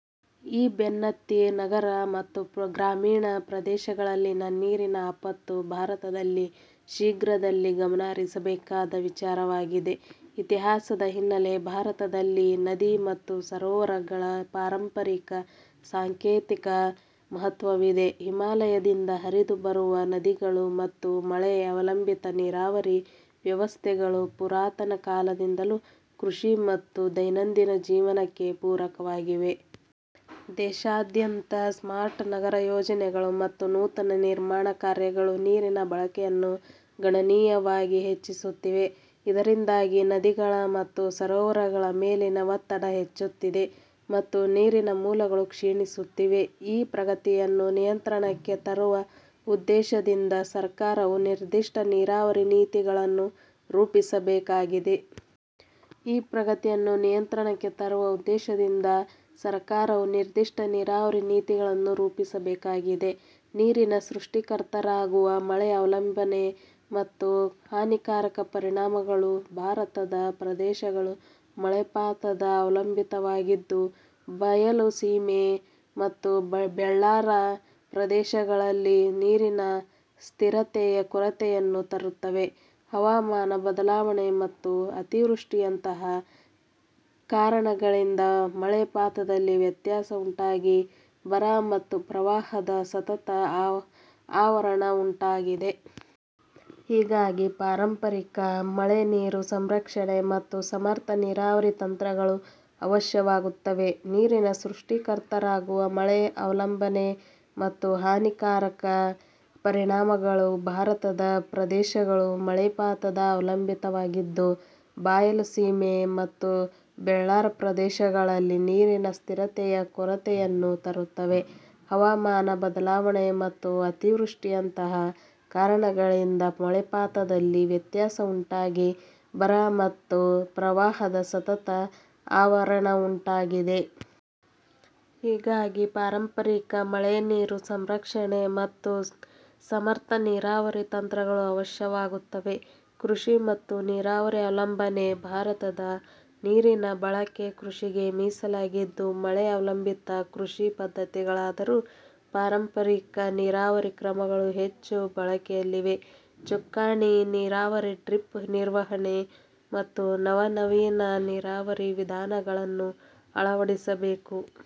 ಈ ಬೆನ್ನತ್ತಿ, ನಗರ ಮತ್ತು ಗ್ರಾಮೀಣ ಪ್ರದೇಶಗಳಲ್ಲಿನ ನೀರಿನ ಆಪತ್ತು ಭಾರತದಲ್ಲಿ ಶೀಘ್ರದಲ್ಲಿ ಗಮನಹರಿಸಬೇಕಾದ ವಿಚಾರವಾಗಿದೆ. ಇತಿಹಾಸದ ಹಿನ್ನಲೆ ಭಾರತದಲ್ಲಿ ನದಿ ಮತ್ತು ಸರೋವರಗಳ ಪಾರಂಪರಿಕ ಸಾಂಕೇತಿಕ ಮಹತ್ವವಿದೆ. ಹಿಮಾಲಯದಿಂದ ಹರಿದು ಬರುವ ನದಿಗಳು ಮತ್ತು ಮಳೆ ಅವಲಂಬಿತ ನೀರಾವರಿ ವ್ಯವಸ್ಥೆಗಳು ಪುರಾತನ ಕಾಲದಿಂದಲೂ ಕೃಷಿ ಮತ್ತು ದೈನಂದಿನ ಜೀವನಕ್ಕೆ ಪೂರಕವಾಗಿವೆ. ದೇಶಾದ್ಯಂತ ಸ್ಮಾರ್ಟ್ ನಗರ ಯೋಜನೆಗಳು ಮತ್ತು ನೂತನ ನಿರ್ಮಾಣ ಕಾರ್ಯಗಳು ನೀರಿನ ಬಳಕೆಯನ್ನು ಗಣನೀಯವಾಗಿ ಹೆಚ್ಚಿಸುತ್ತಿವೆ. ಇದರಿಂದಾಗಿ ನದಿಗಳ ಮತ್ತು ಸರೋವರಗಳ ಮೇಲಿನ ಒತ್ತಡ ಹೆಚ್ಚುತ್ತಿದೆ, ಮತ್ತು ನೀರಿನ ಮೂಲಗಳು ಕ್ಷೀಣಿಸುತ್ತಿವೆ. ಈ ಪ್ರಗತಿಯನ್ನು ನಿಯಂತ್ರಣಕ್ಕೆ ತರುವ ಉದ್ದೇಶದಿಂದ ಸರಕಾರವು ನಿರ್ದಿಷ್ಟ ನೀರಾವರಿ ನೀತಿಗಳನ್ನು ರೂಪಿಸಬೇಕಾಗಿದೆ. ಈ ಪ್ರಗತಿಯನ್ನು ನಿಯಂತ್ರಣಕ್ಕೆ ತರುವ ಉದ್ದೇಶದಿಂದ ಸರಕಾರವು ನಿರ್ದಿಷ್ಟ ನೀರಾವರಿ ನೀತಿಗಳನ್ನು ರೂಪಿಸಬೇಕಾಗಿದೆ. ನೀರಿನ ಸೃಷ್ಟಿಕರ್ತರಾಗುವ ಮಳೆ ಅವಲಂಬನೆ ಮತ್ತು ಹಾನಿಕಾರಕ ಪರಿಣಾಮಗಳು ಭಾರತದ ಪ್ರದೇಶಗಳು ಮಳೆಪಾತದ ಅವಲಂಬಿತವಾಗಿದ್ದು, ಬಾಯಲುಸೀಮೆ ಮತ್ತು ಬೆಳ್ಳಾರ ಪ್ರದೇಶಗಳಲ್ಲಿ ನೀರಿನ ಸ್ಥಿರತೆಯ ಕೊರತೆಯನ್ನು ತರುತ್ತವೆ. ಹವಾಮಾನ ಬದಲಾವಣೆ ಮತ್ತು ಅತಿವೃಷ್ಟಿಯಂತಹ ಕಾರಣಗಳಿಂದ ಮಳೆಪಾತದಲ್ಲಿ ವ್ಯತ್ಯಾಸ ಉಂಟಾಗಿ ಬರ ಮತ್ತು ಪ್ರವಾಹದ ಸತತ ಆವರಣವುಂಟಾಗಿದೆ. ಹೀಗಾಗಿ, ಪಾರಂಪರಿಕ ಮಳೆನೀರು ಸಂರಕ್ಷಣೆ ಮತ್ತು ಸಮರ್ಥ ನೀರಾವರಿ ತಂತ್ರಗಳು ಅವಶ್ಯವಾಗುತ್ತವೆ. ನೀರಿನ ಸೃಷ್ಟಿಕರ್ತರಾಗುವ ಮಳೆ ಅವಲಂಬನೆ ಮತ್ತು ಹಾನಿಕಾರಕ ಪರಿಣಾಮಗಳು ಭಾರತದ ಪ್ರದೇಶಗಳು ಮಳೆಪಾತದ ಅವಲಂಬಿತವಾಗಿದ್ದು, ಬಾಯಲುಸೀಮೆ ಮತ್ತು ಬೆಳ್ಳಾರ ಪ್ರದೇಶಗಳಲ್ಲಿ ನೀರಿನ ಸ್ಥಿರತೆಯ ಕೊರತೆಯನ್ನು ತರುತ್ತವೆ. ಹವಾಮಾನ ಬದಲಾವಣೆ ಮತ್ತು ಅತಿವೃಷ್ಟಿಯಂತಹ ಕಾರಣಗಳಿಂದ ಮಳೆಪಾತದಲ್ಲಿ ವ್ಯತ್ಯಾಸ ಉಂಟಾಗಿ ಬರ ಮತ್ತು ಪ್ರವಾಹದ ಸತತ ಆವರಣವುಂಟಾಗಿದೆ. ಹೀಗಾಗಿ, ಪಾರಂಪರಿಕ ಮಳೆನೀರು ಸಂರಕ್ಷಣೆ ಮತ್ತು ಸಮರ್ಥ ನೀರಾವರಿ ತಂತ್ರಗಳು ಅವಶ್ಯವಾಗುತ್ತವೆ. ಕೃಷಿ ಮತ್ತು ನೀರಾವರಿ ಅವಲಂಬನೆ ಭಾರತದ ನೀರಿನ ಬಳಕೆ ಕೃಷಿಗೆ ಮೀಸಲಾಗಿದ್ದು, ಮಳೆ ಅವಲಂಬಿತ ಕೃಷಿ ಪದ್ಧತಿಗಳಾದರೂ ಪಾರಂಪರಿಕ ನೀರಾವರಿ ಕ್ರಮಗಳು ಹೆಚ್ಚು ಬಳಕೆಯಲ್ಲಿವೆ. ಚುಕ್ಕಾಣಿ ನೀರಾವರಿ, ಡ್ರಿಪ್ ನಿರ್ವಹಣೆ, ಮತ್ತು ನವನವೀನ ನೀರಾವರಿ ವಿಧಾನಗಳನ್ನು ಅಳವಡಿಸಬೇಕು.